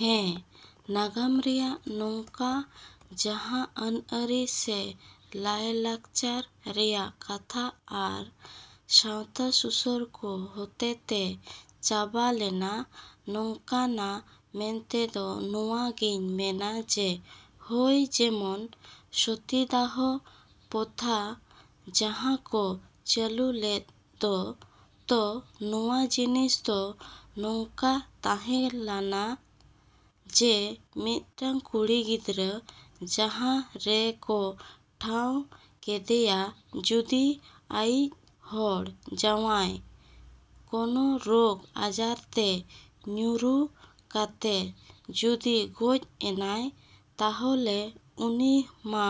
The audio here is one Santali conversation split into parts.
ᱦᱮᱸ, ᱱᱟᱜᱟᱢ ᱨᱮᱭᱟᱜ ᱱᱚᱝᱠᱟ ᱡᱟᱦᱟᱸ ᱟᱹᱱᱼᱟᱹᱨᱤ ᱥᱮ ᱞᱟᱭᱼᱞᱟᱠᱪᱟᱨ ᱨᱮᱭᱟᱜ ᱠᱟᱛᱷᱟ ᱟᱨ ᱥᱟᱶᱛᱟ ᱥᱩᱥᱟᱹᱨ ᱠᱚ ᱦᱚᱛᱮ ᱛᱮ ᱪᱟᱵᱟ ᱞᱮᱱᱟ, ᱱᱚᱝᱠᱟᱱᱟ ᱢᱮᱱᱛᱮᱫᱚ ᱱᱚᱣᱟ ᱜᱮᱧ ᱢᱮᱱᱟ ᱡᱮ ᱦᱚᱭ ᱡᱮᱢᱚᱱ ᱥᱚᱛᱤᱫᱟᱦᱚ ᱯᱚᱛᱷᱟ ᱡᱟᱦᱟᱸ ᱠᱚ ᱪᱟᱹᱞᱩ ᱞᱮᱫ ᱫᱚ, ᱛᱚ ᱱᱚᱣᱟ ᱡᱤᱱᱤᱥ ᱫᱚ ᱱᱚᱝᱠᱟ ᱛᱟᱦᱮᱸ ᱞᱟᱱᱟ ᱡᱮ ᱢᱤᱫᱴᱟᱝ ᱠᱩᱲᱤ ᱜᱤᱫᱽᱨᱟᱹ ᱡᱟᱦᱟᱸ ᱨᱮ ᱠᱚ ᱴᱷᱟᱶ ᱠᱮᱫᱮᱭᱟ ᱡᱩᱫᱤ ᱟᱭᱤᱡ ᱦᱚᱲ ᱡᱟᱶᱟᱭ ᱠᱚᱱᱚ ᱨᱚᱜᱽ ᱟᱡᱟᱨ ᱛᱮ ᱧᱩᱨᱩ ᱠᱟᱛᱮ ᱡᱩᱫᱤ ᱜᱚᱡ ᱮᱱᱟᱭ ᱛᱟᱦᱚᱞᱮ ᱩᱱᱤ ᱢᱟ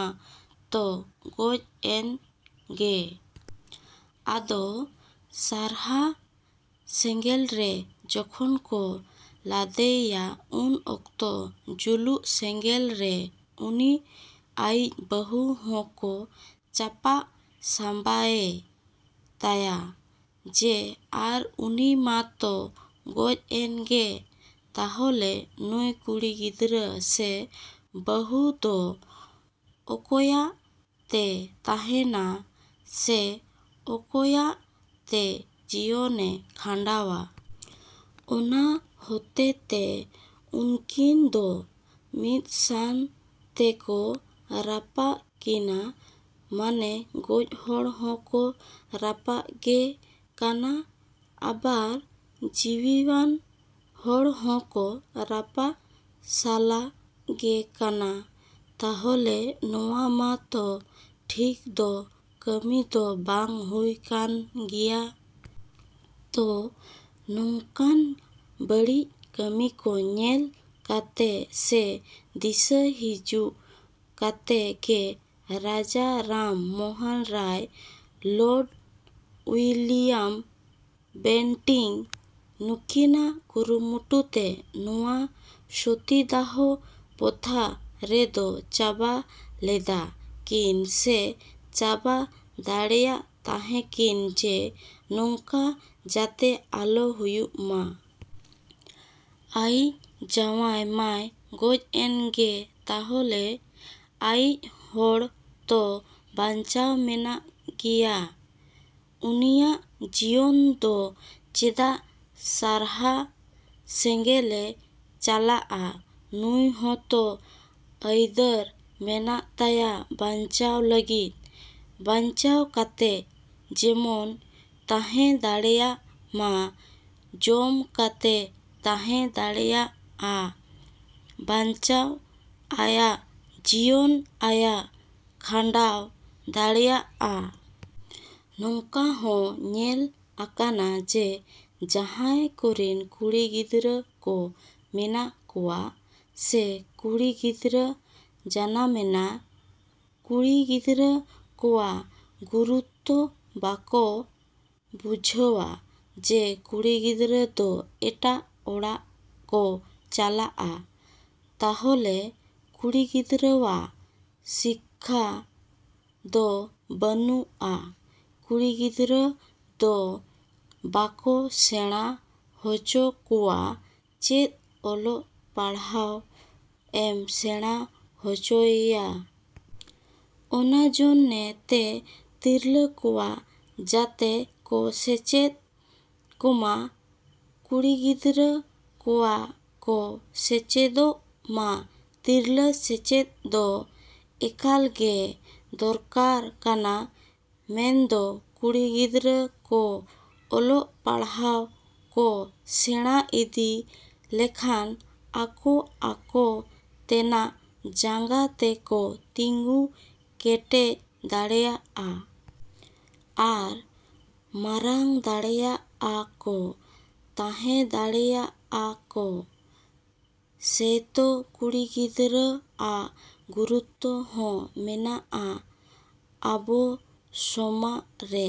ᱛᱚ ᱜᱚᱡ ᱮᱱ ᱜᱮ᱾ ᱟᱫᱚ ᱥᱟᱨᱦᱟ ᱥᱮᱸᱜᱮᱞ ᱨᱮ ᱡᱚᱠᱷᱚᱱ ᱠᱚ ᱞᱟᱫᱮᱭᱟ ᱩᱱ ᱚᱠᱛᱚ ᱡᱩᱞᱩᱜ ᱥᱮᱸᱜᱮᱞ ᱨᱮ ᱩᱱᱤ ᱟᱭᱤᱡ ᱵᱟᱹᱦᱩ ᱦᱚᱸ ᱠᱚ ᱪᱟᱯᱟᱜ ᱥᱟᱵᱟᱭᱮ ᱛᱟᱭᱟ ᱡᱮ ᱟᱨ ᱩᱱᱤ ᱢᱟ ᱛᱚ ᱜᱚᱡ ᱮᱱ ᱜᱮ ᱛᱟᱦᱚᱞᱮ ᱱᱩᱭ ᱠᱩᱲᱤ ᱜᱤᱫᱽᱨᱟᱹ ᱥᱮ ᱵᱟᱹᱦᱩ ᱫᱚ ᱚᱠᱚᱭᱟᱜ ᱛᱮ ᱛᱟᱦᱮᱱᱟ ᱥᱮ ᱚᱠᱚᱭᱟᱜ ᱛᱮ ᱡᱤᱭᱚᱱᱮ ᱠᱷᱟᱸᱰᱟᱣᱟ? ᱚᱱᱟ ᱦᱚᱛᱮ ᱛᱮ ᱩᱱᱠᱤᱱ ᱫᱚ ᱢᱤᱫᱥᱟᱱ ᱛᱮ ᱠᱚ ᱨᱟᱯᱟᱜ ᱠᱤᱱᱟ, ᱢᱟᱱᱮ ᱜᱚᱡ ᱦᱚᱲ ᱦᱚᱸ ᱠᱚ ᱨᱟᱯᱟᱜ ᱜᱮ ᱠᱟᱱᱟ ᱟᱵᱟᱨ ᱡᱤᱣᱤᱣᱟᱱ ᱦᱚᱲ ᱦᱚᱸ ᱠᱚ ᱨᱟᱯᱟᱜ ᱥᱟᱞᱟ ᱜᱮ ᱠᱟᱱᱟ᱾ ᱛᱟᱦᱚᱞᱮ ᱱᱚᱣᱟ ᱢᱟ ᱛᱚ ᱴᱷᱤᱠ ᱫᱚ ᱠᱟᱹᱢᱤ ᱫᱚ ᱵᱟᱝ ᱦᱩᱭ ᱠᱟᱱ ᱜᱮᱭᱟ᱾ ᱛᱚ ᱱᱚᱝᱠᱟᱱ ᱵᱟᱹᱲᱤᱡ ᱠᱟᱹᱢᱤ ᱠᱚ ᱧᱮᱞ ᱠᱟᱛᱮ ᱥᱮ ᱫᱤᱥᱟᱹ ᱦᱤᱡᱩᱜ ᱠᱟᱛᱮ ᱜᱮ Raja Rammohan Roy, Lord William Bentinck ᱱᱩᱠᱤᱱᱟᱜ ᱠᱩᱨᱩᱢᱩᱴᱩ ᱛᱮ ᱱᱚᱣᱟ ᱥᱚᱛᱤᱫᱟᱦᱚ ᱯᱚᱛᱷᱟ ᱨᱮᱫᱚ ᱪᱟᱵᱟ ᱞᱮᱫᱟ ᱠᱤᱱ ᱥᱮ ᱪᱟᱵᱟ ᱫᱟᱲᱮᱭᱟᱜ ᱛᱟᱦᱮᱸ ᱠᱤᱱ ᱡᱮ ᱱᱚᱝᱠᱟ ᱡᱟᱛᱮ ᱟᱞᱚ ᱦᱩᱭᱩᱜ ᱢᱟ᱾ ᱟᱭᱤᱡ ᱡᱟᱶᱟᱭ ᱢᱟᱭ ᱜᱚᱡ ᱮᱱ ᱜᱮ ᱛᱟᱦᱚᱞᱮ ᱟᱭᱤᱡ ᱦᱚᱲ ᱛᱚ ᱵᱟᱧᱪᱟᱣ ᱢᱮᱱᱟᱜ ᱜᱮᱭᱟ, ᱩᱱᱤᱭᱟᱜ ᱡᱤᱭᱚᱱ ᱫᱚ ᱪᱮᱫᱟᱜ ᱥᱟᱨᱦᱟ ᱥᱮᱸᱜᱮᱞᱮ ᱪᱟᱞᱟᱜᱼᱟ? ᱱᱩᱭ ᱦᱚᱸᱛᱚ ᱟᱹᱭᱫᱟᱹᱨ ᱢᱮᱱᱟᱜ ᱛᱟᱭᱟ ᱵᱟᱧᱪᱟᱣ ᱞᱟᱹᱜᱤᱫ ᱾ ᱵᱟᱧᱪᱟᱣ ᱠᱟᱛᱮ ᱡᱮᱢᱚᱱ ᱛᱟᱦᱮᱸ ᱫᱟᱲᱮᱭᱟᱜ ᱢᱟ, ᱡᱚᱢ ᱠᱟᱛᱮ ᱛᱟᱦᱮᱸ ᱫᱟᱲᱮᱭᱟᱜᱼᱟ, ᱵᱟᱧᱪᱟᱣ ᱟᱭᱟᱜ ᱡᱤᱭᱚᱱ ᱟᱭᱟᱜ ᱠᱷᱟᱸᱰᱟᱣ ᱫᱟᱲᱮᱭᱟᱜᱼᱟ᱾ ᱱᱚᱝᱠᱟ ᱦᱚ ᱧᱮᱞ ᱟᱠᱟᱱᱟ ᱡᱮ ᱡᱟᱦᱟᱸᱭ ᱠᱚᱨᱮᱱ ᱠᱩᱲᱤ ᱜᱤᱫᱽᱨᱟᱹ ᱠᱚ ᱢᱮᱱᱟᱜ ᱠᱚᱣᱟ ᱥᱮ ᱠᱩᱲᱤ ᱜᱤᱫᱽᱨᱟᱹ ᱡᱟᱱᱟᱢᱮᱱᱟ, ᱠᱩᱲᱤ ᱜᱤᱫᱽᱨᱟᱹ ᱠᱚᱣᱟᱜ ᱜᱩᱨᱩᱛᱛᱚ ᱵᱟᱠᱚ ᱵᱩᱡᱷᱟᱹᱣᱟ ᱡᱮ ᱠᱩᱲᱤ ᱜᱤᱫᱽᱨᱟᱹ ᱫᱚ ᱮᱴᱟᱜ ᱦᱚᱲᱟᱜ ᱠᱚ ᱪᱟᱞᱟᱜᱼᱟ᱾ ᱛᱟᱦᱚᱞᱮ ᱠᱩᱲᱤ ᱜᱤᱫᱽᱨᱟᱹᱣᱟᱜ ᱥᱤᱠᱠᱷᱟ ᱫᱚ ᱵᱟᱹᱱᱩᱜᱼᱟ, ᱠᱩᱲᱤ ᱜᱤᱫᱽᱨᱟᱹ ᱫᱚ ᱵᱟᱠᱚ ᱥᱮᱬᱟ ᱦᱚᱪᱚ ᱠᱚᱣᱟ ᱪᱮᱫ ᱚᱞᱚᱜ ᱯᱟᱲᱦᱟᱣ ᱮᱢ ᱥᱮᱬᱟ ᱦᱚᱪᱚᱭᱮᱭᱟ? ᱚᱱᱟ ᱡᱚᱱᱱᱮ ᱛᱮ ᱛᱤᱨᱞᱟᱹ ᱠᱚᱣᱟᱜ ᱡᱟᱛᱮ ᱠᱚ ᱥᱮᱪᱮᱫ ᱠᱚᱢᱟ, ᱠᱩᱲᱤ ᱜᱤᱫᱽᱨᱟᱹ ᱠᱚᱣᱟᱜ ᱠᱚ ᱥᱮᱪᱮᱫᱚᱜ ᱢᱟ, ᱛᱤᱨᱞᱟᱹ ᱥᱮᱪᱮᱫ ᱫᱚ ᱮᱠᱟᱞ ᱜᱮ ᱫᱚᱨᱠᱟᱨ ᱠᱟᱱᱟ᱾ ᱢᱮᱱᱫᱚ ᱠᱩᱲᱤ ᱜᱤᱫᱽᱨᱟᱹ ᱠᱚ ᱚᱞᱚᱜ ᱯᱟᱲᱦᱟᱣ ᱠᱚ ᱥᱮᱬᱟ ᱤᱫᱤ ᱞᱮᱠᱷᱟᱱ ᱟᱠᱚ ᱟᱠᱚ ᱛᱮᱱᱟᱜ ᱡᱟᱸᱜᱟ ᱛᱮ ᱠᱚ ᱛᱤᱸᱜᱩ ᱠᱮᱴᱮᱡ ᱫᱟᱲᱮᱭᱟᱜᱼᱟ᱾ ᱟᱨ ᱢᱟᱨᱟᱝ ᱫᱟᱲᱮᱭᱟᱜᱼᱟ ᱠᱚ, ᱛᱟᱦᱮᱸ ᱫᱟᱲᱮᱭᱟᱜᱼᱟ ᱠᱚ, ᱥᱮᱭᱛᱚ ᱠᱩᱲᱤ ᱜᱤᱫᱽᱨᱟᱹᱟᱜ ᱜᱩᱨᱩᱛᱛᱚ ᱦᱚᱸ ᱢᱮᱱᱟᱜᱼᱟ ᱟᱵᱚ ᱥᱚᱢᱟᱽ ᱨᱮ᱾